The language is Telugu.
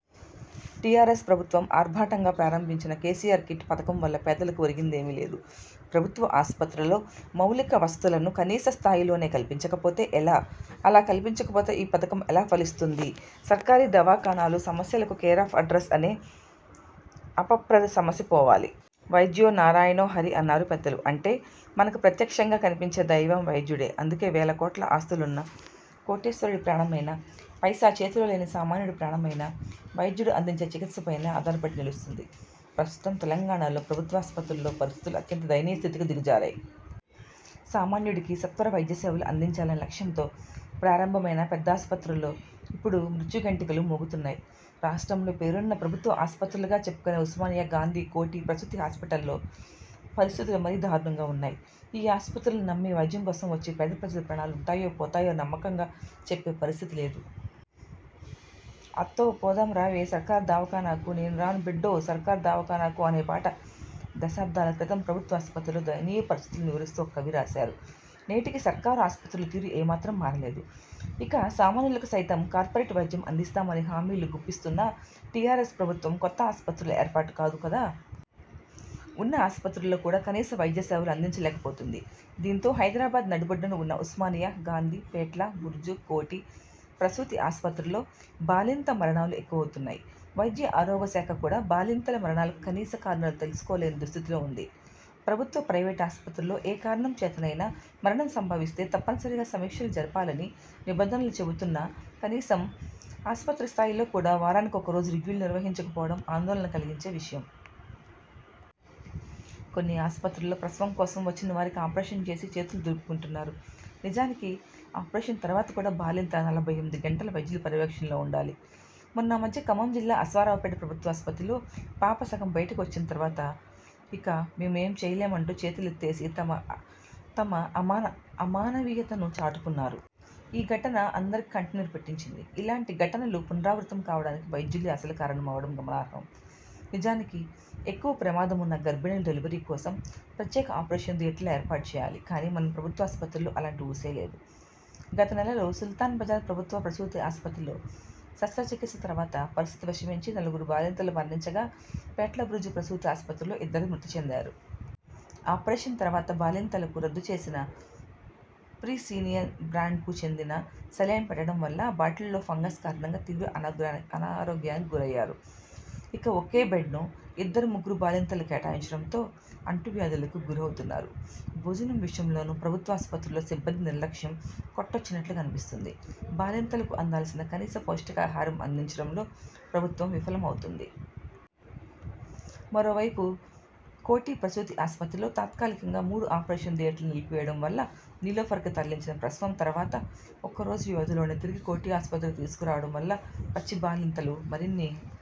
టీఆర్ఎస్ ప్రభుత్వం ఆర్భాటంగా ప్రారంభించిన 'కేసీఆర్ కిట్' పథకం వల్ల పేదలకు ఒరిగిందేమీ లేదు. ప్రభుత్వ ఆస్పత్రులలో మౌలిక వసతులను కనీస స్థాయిలోనే కల్పించకపోతే ఎలా? అలా కల్పించకపోతే ఈ పథకం ఎలా ఫలిస్తుంది? సర్కారీ దావాఖానాలు సమస్యలకు కేరాఫ్ అడ్రస్ అనే అపప్రథ సమసిపోవాలి. వైద్యో నారాయణో హరి' అన్నారు పెద్దలు. అంటే మనకు ప్రత్యక్షంగా కనిపించే దైవం వైద్యుడే. అందుకే వేల కోట్ల ఆస్తులున్న కోటీశ్వరుడి ప్రాణమైనా. పైసా చేతిలో లేని సామాన్యుడి ప్రాణమైనా వైద్యుడు అందించే చికిత్సపైనే ఆధారపడి నిలుస్తుంది. ప్రస్తుతం తెలంగాణలో ప్రభుత్వాసుపత్రుల్లో పరిస్థితులు అత్యంత దయనీయ స్థితికి దిగజారాయి. సామాన్యుడికి సత్వర వైద్యసేవలు అందించాలనే లక్ష్యంతో ప్రారంభమైన పెద్దాసుపత్రుల్లో ఇప్పుడు మృత్యు ఘంటికలు మోగుతున్నాయి. రాష్ట్రంలో పేరున్న ప్రభుత్వ ఆస్పత్రులుగా చెప్పుకునే ఉస్మానియా, గాంధీ, కోఠి ప్రసూతి హాస్పిటల్స్లో పరిస్థితులు మరీ దారుణంగా ఉన్నాయి. ఈ ఆస్పత్రులను నమ్మి వైద్యం కోసం వచ్చే పేదప్రజల ప్రాణాలు ఉంటాయో పోతాయో నమ్మకంగా చెప్పే పరిస్థితి లేదు. ''అత్తో పోదాం రావే సర్కారు దవాఖానాకు నేను రాను బిడ్డో సర్కారు దవాఖానాకు'' అనే పాట దశాబ్దాల క్రితం ప్రభుత్వాసుపత్రుల్లో దయనీయ పరిస్థితులను వివరిస్తూ ఓ కవి రాశారు. నేటికీ సర్కారు ఆస్పత్రుల తీరు ఏమాత్రం మారలేదు. ఇక సామాన్యులకు సైతం కార్పొరేట్ వైద్యం అందిస్తామని హామీలు గుప్పిస్తున్న టీఆర్ఎస్ ప్రభుత్వం కొత్త ఆస్పత్రుల ఏర్పాటు కాదు గదా. ఉన్న ఆస్పత్రుల్లో కూడా కనీస వైద్య సేవలు అందించలేకపోతోంది. దీంతో హైదరాబాద్ నడిబొడ్డున ఉన్న ఉస్మానియా, గాంధీ, పేట్ల బురుజు, కోఠి ప్రసూతి ఆస్పత్రుల్లో బాలింత మరణాలు ఎక్కువవుతున్నాయి. వైద్య ఆరోగ్యశాఖ కూడా బాలింతల మరణాలకు కనీస కారణాలు తెలుసుకోలేని దుస్థితిలో ఉంది. ప్రభుత్వ, ప్రైవేటు ఆస్పత్రుల్లో ఏ కారణం చేతనైనా మరణం సంభవిస్తే తప్పనిసరిగా సమీక్షలు జరపాలని నిబంధనలు చెబుతున్నాకనీసం ఆస్పత్రి స్థాయిలో కూడా వారానికి ఒక రోజు రివ్యూలు నిర్వహించకపోవడం ఆందోళన కలిగించే విషయం. కొన్ని ఆస్పత్రుల్లో ప్రసవం కోసం వచ్చినవారికి ఆపరేషన్ చేసి చేతులు దులుపుకుంటున్నారు. నిజానికి ఆపరేషన్ తర్వాత కూడా బాలింత నలభై ఎనిమిది గంటలు వైద్యుల పర్యవేక్షణలో ఉండాలి. మొన్నామధ్య ఖమ్మం జిల్లా అశ్వారావుపేట ప్రభుత్వాసుపత్రిలో పాప సగం బైటకు వచ్చిన తర్వాత ఇక మేము ఏం చేయలేమంటూ చేతులెత్తేసి తమ అ అమాని అమానవీయతను చాటుకున్నారు. ఈ ఘటన అందరికీ కంటనీరు పెట్టించింది. ఇలాంటి ఘటనలు పునరావృతం కావడానికి వైద్యులే అసలు కారణమవడం గమనార్హం. నిజానికి ఎక్కువ ప్రమాదమున్న గర్భిణుల డెలివరీకోసం ప్రత్యేక ఆపరేషన్ థియేటర్లు ఏర్పాటుచేయాలి. కానీ మన ప్రభుత్వాసుపత్రుల్లో అలాంటి ఊసే లేదు. గత నెలలో సుల్తాన్ బజారు ప్రభుత్వ ప్రసూతి ఆస్పత్రిలో శస్త్రచికిత్స తర్వాత పరిస్థితి విషమించి నలుగురు బాలింతలు మరణించగా పేట్లబురుజు ప్రసూతి ఆస్పత్రిలో ఇద్దరు మృతిచెందారు. ఆపరేషన్ తర్వాత బాలింతలకు రద్దుచేసిన ప్రిసీనియన్ బ్రాండ్కు చెందిన సెలైన్ పెట్టడం వల్ల బాటిల్లో ఫంగస్ కారణంగా తీవ్ర అనారోగ్యానికి గురయ్యారు. ఇక ఒకే బెడ్ను ఇద్దరు, ముగ్గురు బాలింతలను కేటాయించడంతో అంటువ్యాధులకు గురౌతున్నారు. భోజనం విషయంలోనూ ప్రభుత్వాసుపత్రుల్లో సిబ్బంది నిర్లక్ష్యం కొట్టొచ్చినట్లు కనిపిస్తున్నది. బాలింతలకు అందాల్సిన కనీస పౌష్టికాహారం అందించడంలో ప్రభుత్వం విఫలం అవుతుంది. మరోవైపు కోఠి ప్రసూతి ఆస్పత్రిలో తాత్కాలికంగా మూడు ఆపరేషన్ థియేటర్లు నిలిపివేయడం వల్ల నీలోఫర్కి తరలించి ప్రసవం తర్వాత ఒక్కరోజు వ్వవధిలోనే తిరిగి కోఠి ఆస్పత్రికి తీసుకురావడం వల్ల పచ్చి బాలింతలు మరిన్ని